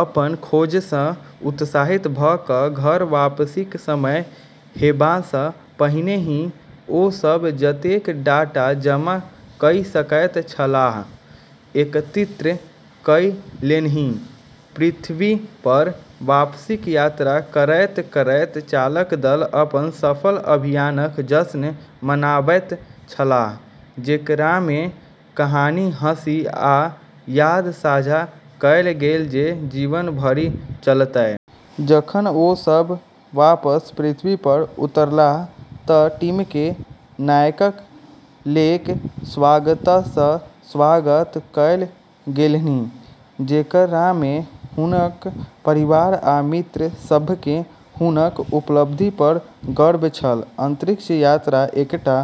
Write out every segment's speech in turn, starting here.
अपन खोजसँ उत्साहित भऽ कऽ घर वापसीक समय हेबासँ पहिने ही ओ सभ जतेक डाटा जमा कइ सकैत छलाह, एकत्रित कइ लेलन्हि। पृथ्वीपर वापसीक यात्रा करैत-करैत चालक दल अपन सफल अभियानक जश्न मनाबैत छलाह, जेकरामे कहानी, हँसी, आ याद साझा कएल गेल जे जीवन भरि चलतै। जखन ओ सभ वापस पृथ्वीपर उतरलाह तँ टीमकेँ नायकक लेक स्वागतसँ स्वागत कएल गेलन्हि, जेकरामे हुनक परिवार आ मित्र सभकेँ हुनक उपलब्धिपर गर्व छल। अंतरिक्ष यात्रा एकटा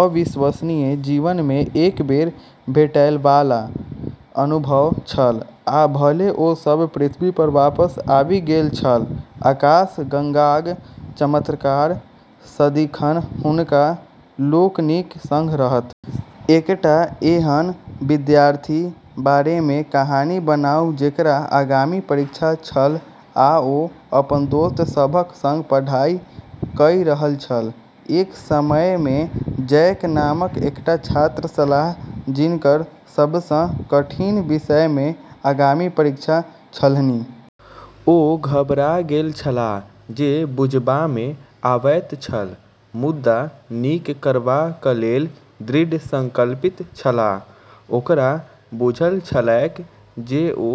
अविश्वसनीय, जीवनमे एक बेर भेटैबाला अनुभव छल, आ भले ओ सभ पृथ्वीपर वापस आबि गेल छल, आकाशगंगाक चमत्कार सदिखन हुनका लोकनिक संग रहत। एकटा एहन विद्यार्थीक बारेमे कहानी बनाउ जेकर आगामी परीक्षा छल आ ओ अपन दोस्त सभक संग पढ़ाई कइ रहल छल। एक समयमे जैक नामक एकटा छात्र छलाह जिनकर सबसँ कठिन विषयमे आगामी परीक्षा छलन्हि। ओ घबरा गेल छलाह से बुझबामे आवैत छल, मुदा नीक करबाकलेल दृढ़ संकल्पित छलाह। ओकरा बुझल छलैक जे ओ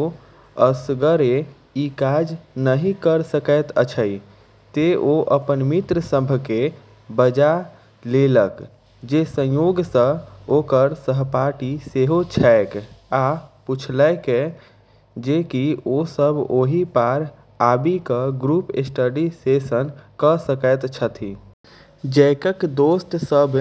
असगरे ई काज नहि कऽ सकैत अछि, तें ओ अपन मित्र सभकेँ बजा लेलक, जे संयोगसँ ओकर सहपाठी सेहो छैक, आ पुछलकै जे की ओ सभ ओही पार आबि कऽ ग्रुप स्टडी सेशन कऽ सकैत छथि। जैकक दोस्त सभ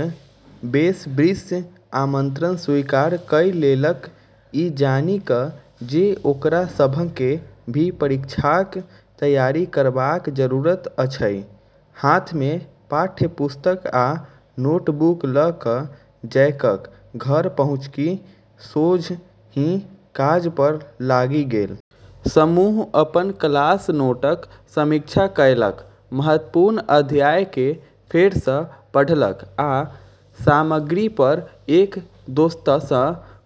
बेसब्रीसँ आमंत्रण स्वीकार कइ लेलक, ई जानि कऽ जे ओकरा सभकेँ भी परीक्षाक तैयारी करबाक जरूरत अछि। हाथमे पाठ्यपुस्तक आ नोटबुक लऽ कऽ जैकक घर पहुँकि सोझहि काजपर लागि गेल। समूह अपन क्लास नोटक समीक्षा कएलक, महत्वपूर्ण अध्यायकेँ फेरसँ पढ़लक आ सामग्रीपर एक दोस्रासँ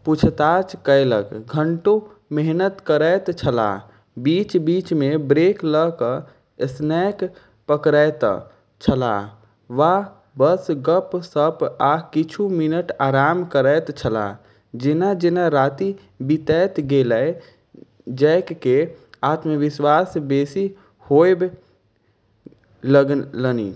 पूछताछ कएलक। घंटों मेहनत करैत छलाह, बीच-बीचमे ब्रेक लऽ कऽ स्नैक पकड़ैत छलाह वा बस गप्प-सप्प आ किछु मिनट आराम करैत छलाह। जेना-जेना राति बीतैत गेलै, जैककेँ आत्मविश्वास बेसी होबए लगलनि।